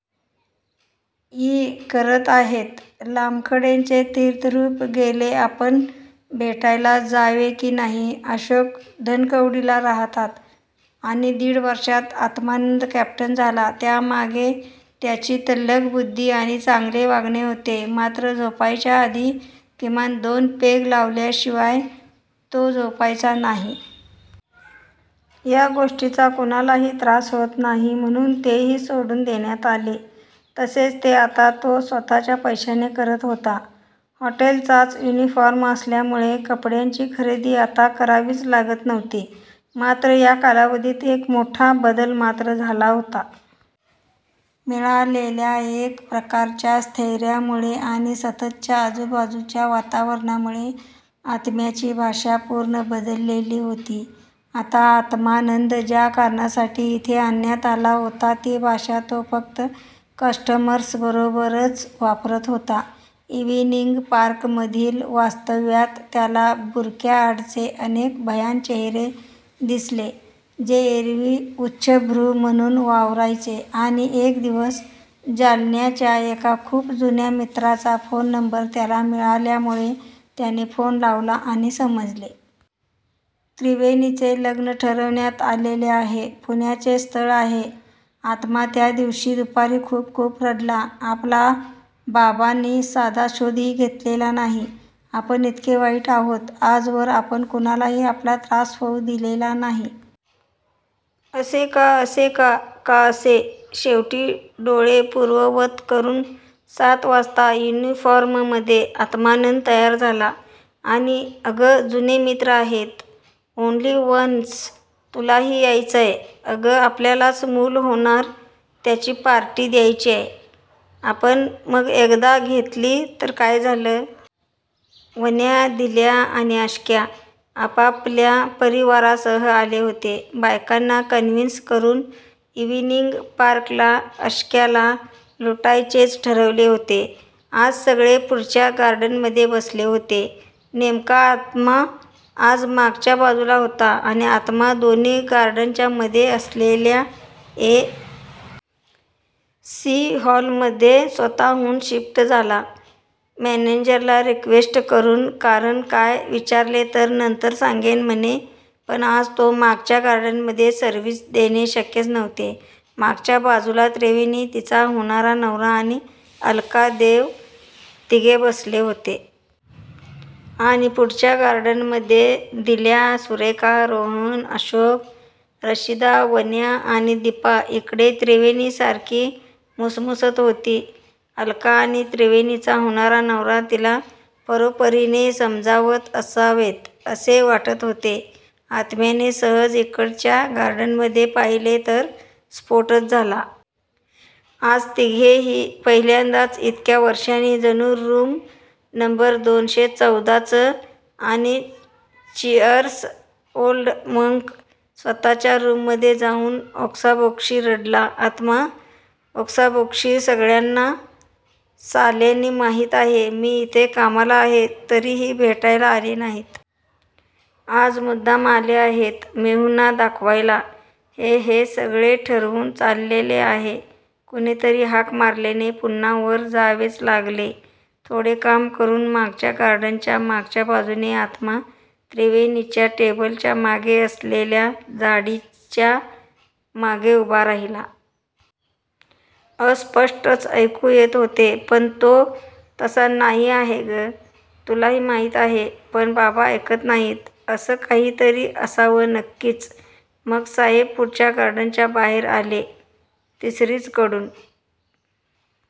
E करत आहेत, लामखडेंचे तीर्थरूप गेले, आपण भेटायला जावे की नाही? अशोक धनकवडीला राहतात. आणि दिड वर्षात आत्मानंद कॅप्टन झाला! त्यामागे त्याची तल्लख बुद्धी आणि चांगले वागणे होते. मात्र झोपायच्या आधी किमान दोन पेग लावल्याशिवाय तो झोपायचा नाही. या गोष्टीचा कुणालाही त्रास होत नाही म्हणून तेही सोडून देण्यात आले. तसेच, ते आता तो स्वतःच्या पैशाने करत होता. हॉटेलचाच युनिफॉर्म असल्यामुळे कपड्यांची खरेदी आता करावीच लागत नव्हती. मात्र. या कालावधीत एक मोठा बदल मात्र झाला होता. मिळालेल्या एक प्रकारच्या स्थैर्यामुळे आणि सततच्या आजूबाजूच्या वातावरणामुळे आत्म्याची भाषा पूर्ण बदललेली होती. आता आत्मानंद ज्या कारणासाठी इथे आणण्यात आला होता ती भाषा तो फक्त कस्टमर्सबरोबरच वापरत होता. इव्हिनिंग पार्कमधील वास्तव्यात त्याला बुरख्यांआडचे अनेक भयाण चेहरे दिसले जे एरवी उच्चभ्रू म्हणून वावरायचे आणि एक दिवस जालन्याच्या एका खूप जुन्या मित्राचा फोन नंबर त्याला मिळाल्यामुळे त्याने फोन लावला आणि समजले. त्रिवेणीचे लग्न ठरण्यात आलेले आहे. पुण्याचेच स्थळ आहे.. आत्मा त्या दिवशी दुपारी खूप खूप रडला आपला बाबांनी साधा शोधही घेतलेला नाही. आपण इतके वाइट आहोत? आजवर आपण कुणालाही आपला त्रास होऊ दिलेला नाही. असे का? असे का? का असे? शेवटी डोळे पुर्ववत करून सात वाजता युनिफॉर्ममध्ये आत्मानंद तयार झाला. आणि "अगं जुने मित्रं आहेत. ओनली वन्स तुलाही यायचंय " "अगं आपल्यालाच मूल होणार त्याची पार्टी द्यायचीय आपण मग एकदा घेतली तर काय झालं? " वन्या, दिल्या आणि अश्क्या आपापल्या परिवारासह आले होते. बायकांना कन्व्हिन्स करून इव्हिनिंग पार्कला! अश्क्याला लुटायचेच ठरवले होते आज सगळे पुढच्या गार्डनमध्ये बसले होते. नेमका आत्मा आज मागच्या बाजूला होता. आणि आत्मा दोन्ही गार्डनच्यामध्ये असलेल्या ए. सी. हॉलमध्ये स्वतःहून शिफ्ट झाला. मॅनेजरला रिक्वेस्ट करून! कारण काय विचारले तर 'नंतर सांगेन' म्हणे! पण आज तो मागच्या गार्डनमध्ये सर्व्हिस देणे शक्यच नव्हते. मागच्या बाजूला त्रिवेणी तिचा होणारा नवरा आणि अलका देव तिघे बसले होते. आणि पुढच्या गार्डनमध्ये दिल्या, सुरेखा, रोहन, अशोक, रशिदा, वन्या आणि दीपा इकडे त्रिवेणी सारखी मुसमुसत होती. अलका आणि त्रिवेणीचा होणारा नवरा तिला परोपरीने समजावत असावेत असे वाटत होते. आत्म्याने सहज इकडच्या गार्डनमध्ये पाहिले तर स्फोटच झाला. आज तिघेही पहिल्यांदाच इतक्या वर्षांनी.. जणू रूम नंबर दोनशे चौदा च आणि चीअर्स ओल्ड मंक स्वतःच्या रूममध्ये जाऊन ओक्साबोक्शी रडला आत्मा! ओक्साबोक्शी! सगळ्यांना साल्यांना माहीत आहे. मी इथे कामाला आहे.. तरीही भेटायला आले नाहीत.. आज मुद्दाम आले आहेत. मेहुणा दाखवायला हे-हे सगळे ठरवून चाललेले आहे. कुणीतरी हाक मारल्याने पुन्हा वर जावेच लागले थोडे काम करून मागच्या गार्डनच्या मागच्या बाजूने आत्मा त्रिवेणीच्या टेबलच्या मागे असलेल्या झाडीच्या मागे उभा राहिला.. अस्पष्टच ऐकू येत होते.. पण.. 'तो तसा नाही आहे गं.. तुलाही माहीत आहे.. पण.. बाबा ऐकत नाहीत. ' असं काहीतरी असावं नक्कीच मग साहेब पुढच्या गार्डनच्या बाहेर आले. तिसरीचकडून.